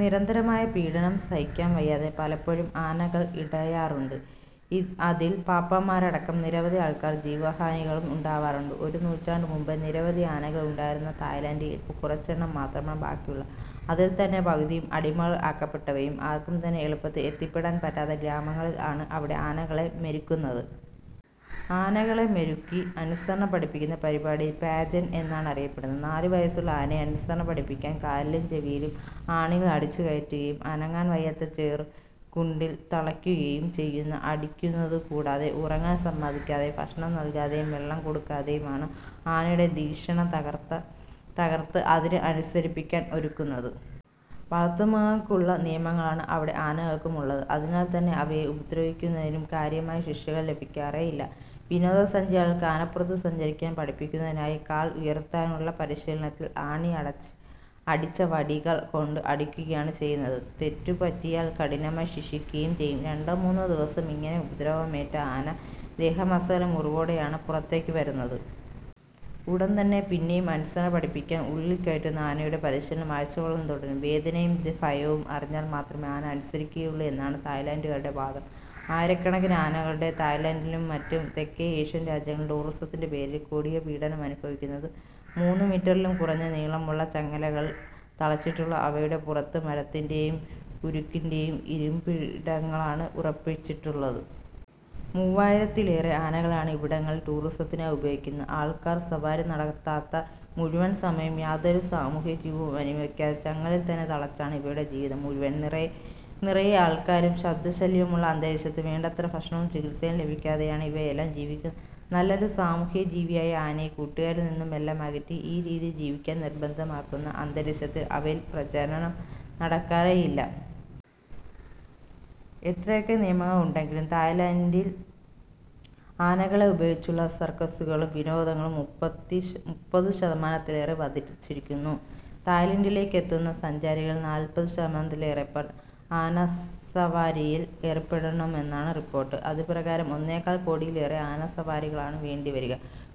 നിരന്തരമായ പീഡനം സഹിക്കാൻവയ്യാതെ പലപ്പോഴും ആനകൾ ഇടയാറുണ്ട്, അതിൽ പാപ്പാന്മാരടക്കം നിരവധി ആൾക്കാർക്ക് ജീവഹാനികളും ഉണ്ടാവാറുണ്ട്. ഒരു നൂറ്റാണ്ടു മുൻപേ നിരവധി ആനകൾ ഉണ്ടായിരുന്ന തായിലൻ്റിൽ ഇപ്പോൾ കുറച്ച് എണ്ണം മാത്രമാണ് ബാക്കിയുള്ളത്, അതിൽ തന്നെ പകുതിയും അടിമകൾ ആക്കപ്പെട്ടവയും. ആർക്കും തന്നെ എളുപ്പത്തിൽ എത്തിപ്പെടാൻ പറ്റാത്ത ഗ്രാമങ്ങളിൽ ആണ് അവിടെ ആനകളെ മെരുക്കുന്നത്. ആനകളെ മെരുക്കി അനുസരണ പഠിപ്പിക്കുന്ന പരിപാടി പാജൻ എന്നാണ് അറിയപ്പെടുന്നത്. നാലു വയസ്സുള്ള ആനയെ അനുസരണ പഠിപ്പിക്കാൻ കാലിലും ചെവിയിലും ആണികൾ അടിച്ചുകയറ്റുകയും അനങ്ങാൻ വയ്യാത്ത ചെറുകൂട്ടിൽ തളയ്ക്കുകയും ചെയ്യുന്നു. അടിക്കുന്നതു കൂടാതെ ഉറങ്ങാൻ സമ്മതിക്കാതെയും, ഭക്ഷണം നൽകാതെയും, വെള്ളം കൊടുക്കാതെയും ആണ് ആനയുടെ ധിഷണ തകർത്ത തകർത്ത് അതിനെ അനുസരിപ്പിക്കാൻ ഒരുക്കുന്നത്. വളർത്തുമൃഗങ്ങൾക്ക് ഉള്ള നിയമങ്ങളാണ് അവിടെ ആനകൾക്കും ഉള്ളത്, അതിനാൽ തന്നെ അവയെ ഉപദ്രവിക്കുന്നതിനും കാര്യമായ ശിക്ഷകൾ ലഭിക്കാറേ ഇല്ല. വിനോദസഞ്ചാരികൾക്ക് ആനപ്പുറത്തു സഞ്ചരിക്കാൻ പഠിപ്പിക്കുന്നതിനായി കാൽ ഉയർത്താനുള്ള പരിശീലനത്തിൽ ആണി അടിച്ച വടികൾ കൊണ്ട് അടിക്കുകയാണ് ചെയ്യുന്നത്. തെറ്റു പറ്റിയാൽ കഠിനമായി ശിക്ഷിക്കുകയും ചെയ്യും. രണ്ടോ മൂന്നോ ദിവസം ഇങ്ങനെ ഉപദ്രവമേറ്റ ആന ദേഹമാസകലം മുറിവോടെയാണ് പുറത്തേക്ക് വരുന്നത്. ഉടൻ തന്നെ പിന്നെയും അനുസരണ പഠിപ്പിക്കാൻ ഉള്ളിൽ കയറ്റുന്ന ആനയുടെ പരിശീലനം ആഴ്ചകളോളം തുടരും. വേദനയും ഭയവും അറിഞ്ഞാൽ മാത്രമേ ആന അനുസരിക്കുകയുള്ളൂ എന്നാണ് തായിലൻ്റുകാരുടെ വാദം. ആയിരക്കണക്കിന് ആനകളാണ് തായിലൻ്റിലും മറ്റു തെക്കേ ഏഷ്യൻ രാജ്യങ്ങളിലും ടൂറിസത്തിൻ്റെ പേരിൽ കൊടിയപീഡനം അനുഭവിക്കുന്നത്. മൂന്നുമീറ്ററിലും കുറഞ്ഞ നീളമുള്ള ചങ്ങലകളിൽ തളച്ചിട്ടുള്ള ഇവയുടെ പുറത്ത് മരത്തിൻ്റെയും ഉരുക്കിൻ്റെയും ഇരിപ്പിടങ്ങളാണ് ഉറപ്പിച്ചിട്ടുള്ളത്. മൂവായിരത്തിലേറെ ആനകളെയാണ് ഇവിടങ്ങളിൽ ടൂറിസത്തിനായി ഉപയോഗിക്കുന്നത്. ആൾക്കാർ സവാരി നടത്താത്ത മുഴുവൻ സമയവും യാതൊരു സാമൂഹ്യജീവിതവും അനുവദിക്കാതെ ചങ്ങലയിൽ തന്നെ തളച്ചാണ് ഇവയുടെ ജീവിതം മുഴുവൻ. നിറയെ ആൾക്കാരും ശബ്ദശല്യവുമുള്ള അന്തരീക്ഷത്തിൽ വേണ്ടത്ര ഭക്ഷണവും ചികിത്സയും ലഭിക്കാതെയാണ് ഇവയെല്ലാം ജീവിക്കുന്നത്. നല്ലൊരു സാമൂഹ്യജീവിയായ ആനയെ കൂട്ടുകാരിൽ നിന്നുമെല്ലാം അകറ്റി ഈ രീതിയിൽ ജീവിക്കാൻ നിർബന്ധിതമാക്കുന്ന അന്തരീക്ഷത്തിൽ അവയിൽ പ്രജനനം നടക്കാറേയില്ല. എത്രയൊക്കെ നിയമങ്ങൾ ഉണ്ടെങ്കിലും തായിലൻ്റിൽ ആനകളെ ഉപയോഗിച്ചുള്ള സർക്കസ്സുകളും വിനോദങ്ങളും മുപ്പത് ശതമാനത്തിലേറെ വർദ്ധിച്ചിരിക്കുന്നു. തായിലൻ്റിലേക്കെത്തുന്ന സഞ്ചാരികളിൽ നാല്പത് ശതമാനത്തിലേറെപ്പേർ ആനസവാരിയിൽ ഏർപ്പെടുമെന്നാണ് റിപ്പോർട്ട്. അതുപ്രകാരം ഒന്നേകാൽ കോടിയിലേറെ ആനസവാരികളാണ് വേണ്ടിവരിക.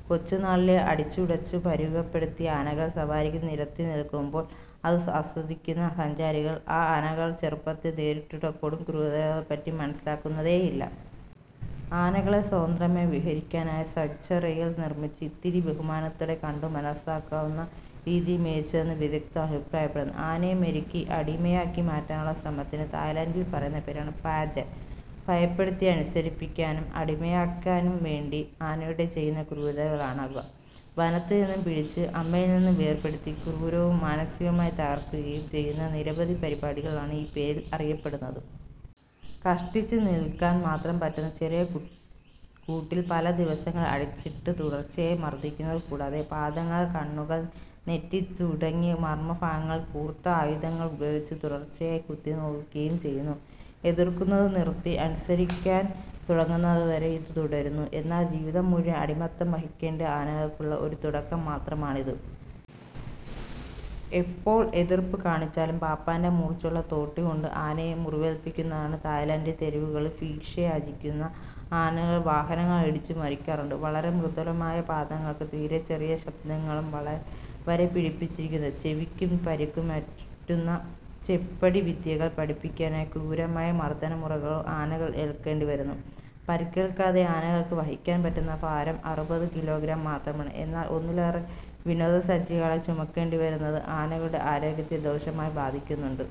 കൊച്ചുനാളിലേ അടിച്ചുടച്ച് പരുവപ്പെടുത്തിയ ആനകൾ സവാരിക്ക് നിരത്തിനിർത്തുമ്പോൾ അത് ആസ്വദിക്കുന്ന സഞ്ചാരികൾ ആ ആനകൾ ചെറുപ്പത്തിൽ നേരിട്ടിട്ടുള്ള കൊടുംക്രൂരതകളെപ്പറ്റി മനസ്സിലാക്കുന്നതേയില്ല. ആനകളെ സ്വന്തന്ത്രമായി വിഹരിക്കാനായി സാങ്ച്വറികൾ നിർമ്മിച്ച് ഇത്തിരി ബഹുമാനത്തോടെ കണ്ടുമനസ്സിലാക്കാവുന്ന രീതിയാണ് മികച്ചതെന്ന് വിദഗ്ധ്ർ അഭിപ്രായപ്പെടുന്നു. ആനയെ മെരുക്കി അടിമയാക്കിമാറ്റാനുള്ള ശ്രമത്തിനു തായിലൻ്റിൽ പറയുന്ന പേരാണ് പജാൻ. ഭയപ്പെടുത്തി അനുസരിപ്പിക്കാനും അടിമയാക്കാനും വേണ്ടി ആനയോടു ചെയ്യുന്ന ക്രൂരതകൾ ആണ് ഇവ. വനത്തിൽ നിന്നും പിടിച്ച് അമ്മയിൽ നിന്നും വേർപേടുത്തി ക്രൂരവും മാനസികമായി തകർക്കുകയും ചെയ്യുന്ന നിരവധി പരിപാടികൾ ആണ് ഈ പേരിൽ അറിയപ്പെടുന്നത്. കഷ്ടിച്ച് നിൽക്കാൻ മാത്രം പറ്റുന്ന ചെറിയ കൂട്ടിൽ പല ദിവസങ്ങൾ അടച്ചിട്ട് തുടർച്ചയായി മർദ്ദിക്കുന്നതു കൂടാതെ പാദങ്ങൾ, കണ്ണുകൾ, നെറ്റി തുടങ്ങിയ മർമ്മ ഭാഗങ്ങളിൽ കൂർത്ത ആയുധങ്ങൾ ഉപയോഗിച്ച് തുടർച്ചയായി കുത്തിനോവിക്കുകയും ചെയ്യുന്നു. എതിർക്കുന്നതു നിർത്തി അനുസരിക്കാൻ തുടങ്ങുന്നതുവരെ ഇത് തുടരുന്നു. എന്നാൽ ജീവിതം മുഴുവൻ അടിമത്തം വഹിക്കേണ്ട ആനകൾക്കുള്ള ഒരു തുടക്കം മാത്രമാണിത്. എപ്പോൾ എതിർപ്പ് കാണിച്ചാലും പാപ്പാൻ്റെ മൂർച്ചയുള്ള തോട്ടികൊണ്ട് ആനയെ മുറിവേൽപ്പിക്കുന്നതാണ്. തായിലൻ്റിൽ തെരുവുകളിൽ ഭിക്ഷ യാചിക്കുന്ന ആനകൾ വാഹനങ്ങൾ ഇടിച്ച് മരിക്കാറുണ്ട്. വളരെ മൃദുലമായ പാദങ്ങൾക്കും തീരെച്ചെറിയ ശബ്ദങ്ങളെ വരെ പിടിച്ചെടുക്കുന്ന ചെവിക്കും പരിക്കുപറ്റുന്നു. ചെപ്പടിവിദ്യകൾ പഠിപ്പിക്കാനായി ക്രൂരമായ മർദ്ദനമുറകളാണ് ആനകൾ ഏൽക്കേണ്ടിവരുന്നത്. പരിക്കേൽക്കാതെ ആനകൾക്ക് വഹിക്കാൻ പറ്റുന്ന ഭാരം അറുപത് കിലോഗ്രാം മാത്രമാണ്, എന്നാൽ ഒന്നിലേറെ വിനോദസഞ്ചാരികളെ ചുമക്കേണ്ടിവരുന്നത് ആനകളുടെ ആരോഗ്യത്തെ ദോഷമായി ബാധിക്കുന്നുണ്ട്.